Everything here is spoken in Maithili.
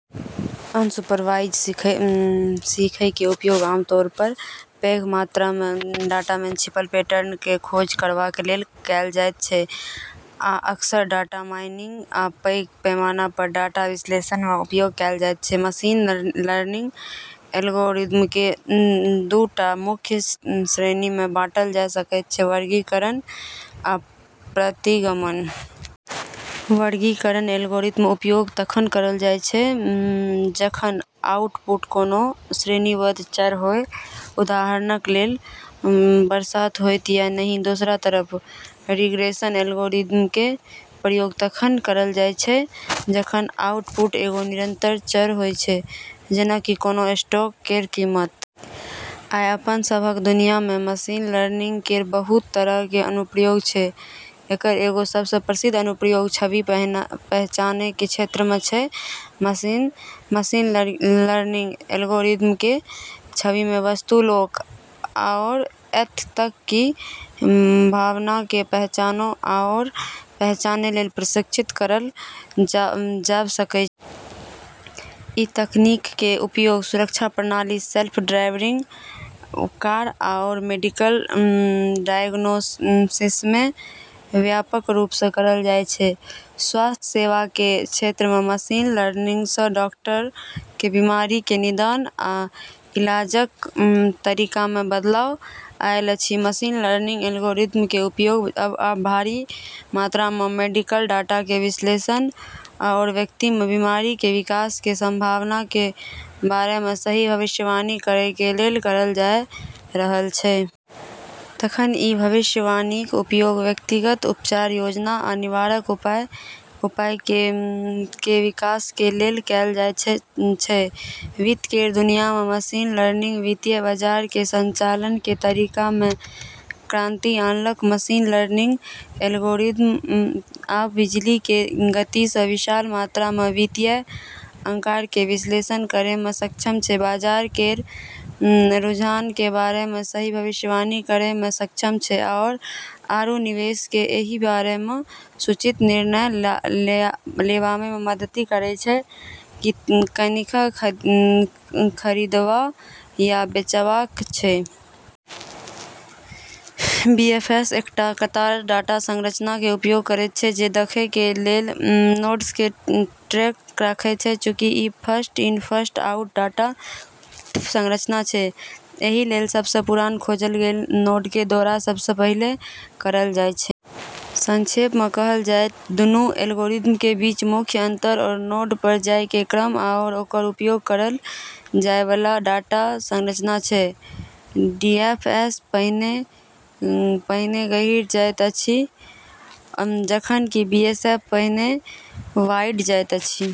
अनसुपरवाइज सीखयके उपयोग आमतौर पर पैघ मात्रामे डाटामे छिपल पैटर्नक खोज करबा लेल कैल जायत छै, आ अक्सर डाटा माइनिंग आ पैघ पैमाना पर डाटा विश्लेषणमे उपयोग कैल जायत छै । मशीन लर्निंग एल्गोरिदमके दू टा मुख्य श्रेणीमे बांटल जा सकैत छै वर्गीकरण आ प्रतिगमन । वर्गीकरण एल्गोरिदमके उपयोग तखन करल जाय छै जखन आउटपुट कोनों श्रेणीबद्ध चर होइ, उदाहरणक लेल, बरसात होइत या नहि? दोसरा तरफ रिग्रेशन एल्गोरिदमके प्रयोग तखनिये करल जाय छै जखनि आउटपुट एगो निरंतर चर होइ छै, जेना कि कोनो स्टॉक केर कीमत। आइ अपन सबहक दुनियामे मशीन लर्निंग केर बहुत तरहक अनुप्रयोग छै। एकर एगो सबसँ प्रसिद्ध अनुप्रयोग छवि पहचानके क्षेत्रमे छै। मशीन लर्निंग एल्गोरिदमके छविमे वस्तु, लोक आओर एत' तक कि भावनाके पहचानै आओर पहचानै लेल प्रशिक्षित करल जाब सकै छै। ई तकनीकके उपयोग सुरक्षा प्रणाली, सेल्फ ड्राइविंग कार, आओर मेडिकल डायग्नोसिसमे व्यापक रूपसँ करल जाइ छै। स्वास्थ्य सेवाके क्षेत्रमे मशीन लर्निंगसँ डॉक्टरके बीमारीके निदान आ इलाजक तरीकामे बदलाव आयल अछि । मशीन लर्निंग एल्गोरिदमके उपयोग आब भारी मात्रामे मेडिकल डाटाके विश्लेषण आओर व्यक्तिमे बीमारीके विकासके संभावनाके बारेमे सही भविष्यवाणी करै लेल करल जाइ रहल छै। तखन ई भविष्यवाणीक उपयोग व्यक्तिगत उपचार योजना आ निवारक उपायके विकासके लेल कैल जा सकैत छै । वित्त केर दुनियामे मशीन लर्निंग वित्तीय बाजारके संचालनके तरीकामे क्रांति आनलक । मशीन लर्निंग एल्गोरिदम आब बिजलीके गतिसँ विशाल मात्रामे वित्तीय आंकड़ाके विश्लेषण करैमे सक्षम छै, बाजार केर रुझानके बारेमे सही भविष्यवाणी करैमे सक्षम छै आओर आरू निवेशकके एहि बारेमे सूचित निर्णय लेबामे मदति करै छै कि कखनि खरिदबा या बेछबाक छै। बीएफएस एकटा कतार डाटा संरचनाके उपयोग करैत छै, जे देखैके लेल नोड्सके ट्रैक रखैत छै । चूँकि ई फर्स्ट-इन, फर्स्ट-आउट डाटा संरचना छै, एहि लेल सबसँ पुरान खोजल गेल नोडके दौरा सबसँ पहिले करल जाइ छै। संक्षेपमे कहल जाइ त' दूनू एल्गोरिदमके बीच मुख्य अंतर ओकर नोड पर जाइके क्रम आओर ओकर उपयोग करल जाइबाला डाटा संरचना छै। डीएफएस पहिने गहींर जाइत अछि, जखन कि बीएफएस पहिने वाइड जाइत अछि ।